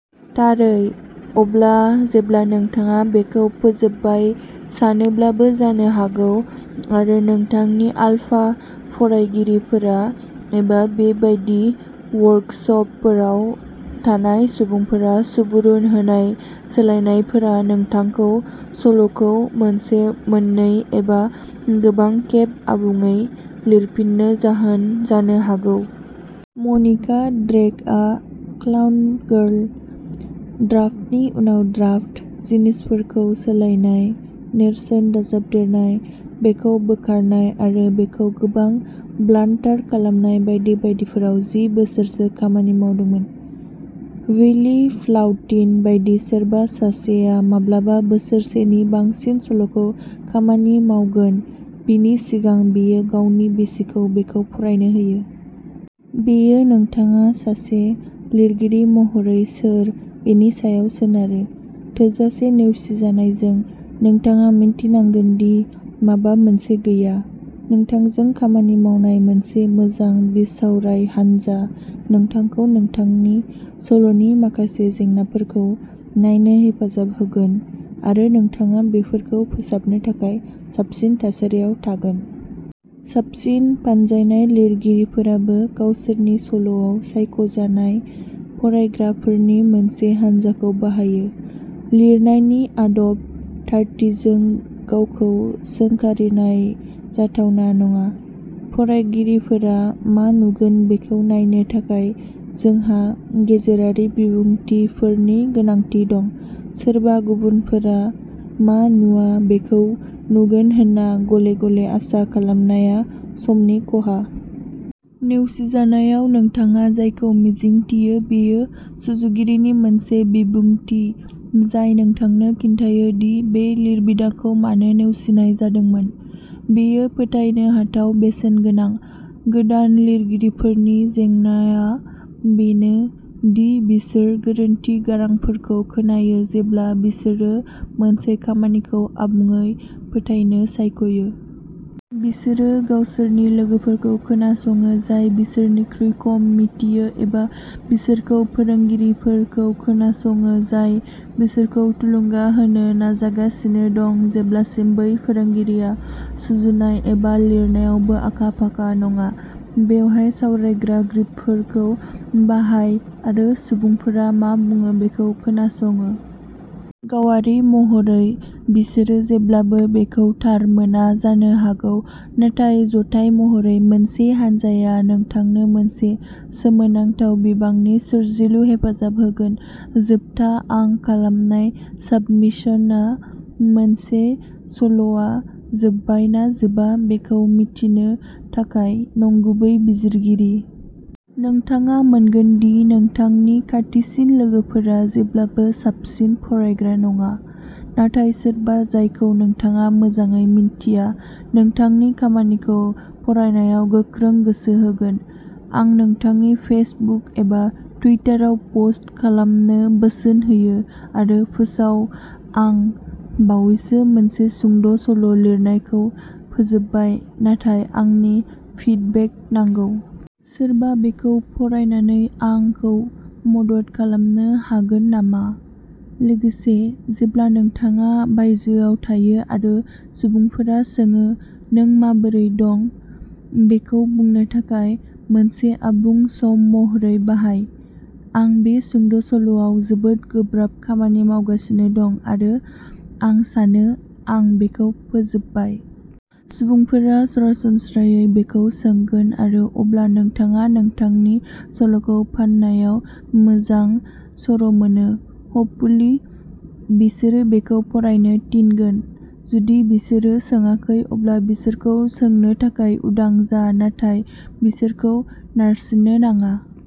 थारै। अब्ला, जेब्ला नोंथाङा बेखौ फोजोबबाय सानोब्लाबो जानो हागौ, आरो नोंथांनि आलफा फरायगिरिफोरा, एबा बे बायदि वर्कसपफोराव थानाय सुबुंफोरा सुबुरुन होनाय सोलायनायफोरा नोंथांखौ सल'खौ मोनसे, मोननै, एबा गोबां खेब आबुङै लिरफिन्नो जाहोन जानो हागौ। मनिका ड्रेकआ क्लाउन गार्ल, ड्राफ्टनि उनाव ड्राफ्ट, जिनिसफोरखौ सोलायनाय, नेरसोन दाजाबदेरनाय, बेखौ बोखारनाय आरो बेखौ गोबां ब्लान्टार खालामनाय बायदि बायदिफोराव जि बोसोरसो खामानि मावदोंमोन। विली भ्लाउटिन बायदि सोरबा सासेआ माब्लाबा बोसोरसेनि बांसिन सल'खौ खामानि मावगोन, बिनि सिगां बियो गावनि बिसिखौ बेखौ फरायनो होयो। बेयो नोंथाङा सासे लिरगिरि महरै सोर बेनि सायाव सोनारो। थोजासे नेवसिजानायजों, नोंथाङा मिन्थिनांगोन दि माबा मोनसे गैया। नोंथांजों खामानि मावनाय मोनसे मोजां बिसावराय हानजा नोंथांखौ नोंथांनि सल'नि माखासे जेंनाफोरखौ नायनो हेफाजाब होगोन आरो नोंथाङा बेफोरखौ फोसाबनो थाखाय साबसिन थासारियाव थागोन। साबसिन फानजानाय लिरगिरिफोराबो गावसोरनि सल'आव सायख'जानाय फरायग्राफोरनि मोनसे हानजाखौ बाहायो। लिरनायनि आदब। थारथिजों गावखौ सोंखारिनाय जाथावना नङा। फरायगिरिफोरा मा नुगोन बेखौ नायनो थाखाय जोंहा गेजेरारि बिबुंथिफोरनि गोनांथि दं। सोरबा गुबुनफोरा मा नुवा बेखौ नुगोन होनना गले-गले आसा खालामनाया समनि खहा। नेवसिजानायाव नोंथाङा जायखौ मिजिंथियो बेयो सुजुगिरिनि मोनसे बिबुंथि जाय नोंथांनो खिन्थायो दि बे लिरबिदांखौ मानो नेवसिनाय जादोंमोन। बेयो फोथायनो हाथाव बेसेनगोनां। गोदान लिरगिरिफोरनि जेंनाआ बेनो दि बिसोर गोरोन्थि गारांफोरखौ खोनायो जेब्ला बिसोरो मोनसे खामानिखौ आबुङै फोथायनो सायख'यो। बिसोरो गावसोरनि लोगोफोरखौ खोनासङो जाय बिसोरनिख्रुइ खम मिथियो एबा बिसोरनि फोरोंगिरिफोरखौ खोनासङो जाय बिसोरखौ थुलुंगा होनो नाजागासिनो दं जेब्लासिम बै फोरोंगिरिया सुजुनाय एबा लिरनायावबो आखा-फाखा नङा। बेवहाय सावरायग्रा ग्रिपफोरखौ बाहाय आरो सुबुंफोरा मा बुङो बेखौ खोनासङो। गावारि महरै, बिसोरो जेब्लाबो बेखौ थार मोना जानो हागौ, नाथाय जथाय महरै, मोनसे हानजाया नोंथांनो मोनसे सोमोनांथाव बिबांनि सोरजिलु हेफाजाब होगोन। जोबथा आं खालामनाय साबमिशनआ मोनसे सल'आ जोबबाय ना जोबा बेखौ मिथिनो थाखाय नंगुबै बिजिरगिरि। नोंथाङा मोनगोन दि नोंथांनि खाथिसिन लोगोफोरा जेब्लाबो साबसिन फरायग्रा नङा, नाथाय सोरबा जायखौ नोंथाङा मोजाङै मिन्थिया, नोंथांनि खामानिखौ फरायनायाव गोख्रों गोसो होगोन। आं नोंथांनि फेसबुक एबा टुइटाराव पस्ट खालामनो बोसोन होयो आरो फोसाव आं बावैसो मोनसे सुंद' सल' लिरनायखौ फोजोबबाय नाथाय आंनो फिडबेक नांगौ। सोरबा बेखौ फरायनानै आंखौ मदद खालामनो हागोन नामा? लोगोसे, जेब्ला नोंथाङा बायजोआव थायो आरो सुबुंफोरा सोङो, नों माबोरै दं? बेखौ बुंनो थाखाय मोनसे आबुं सम महरै बाहाय, आं बे सुंद'सल'आव जोबोद गोब्राब खामानि मावगासिनो दं आरो आं सानो आं बेखौ फोजोबबाय। सुबुंफोरा सरासनस्रायै बेखौ सोंगोन आरो अब्ला नोंथाङा नोंथांनि सल'खौ फान्नायाव मोजां सर'मोनो। हपफुल्लि, बिसोरो बेखौ फरायनो थिनगोन। जुदि बिसोरो सोंआखै, अब्ला बिसोरखौ सोंनो थाखाय उदां जा नाथाय बिसोरखौ नारसिननो नाङा।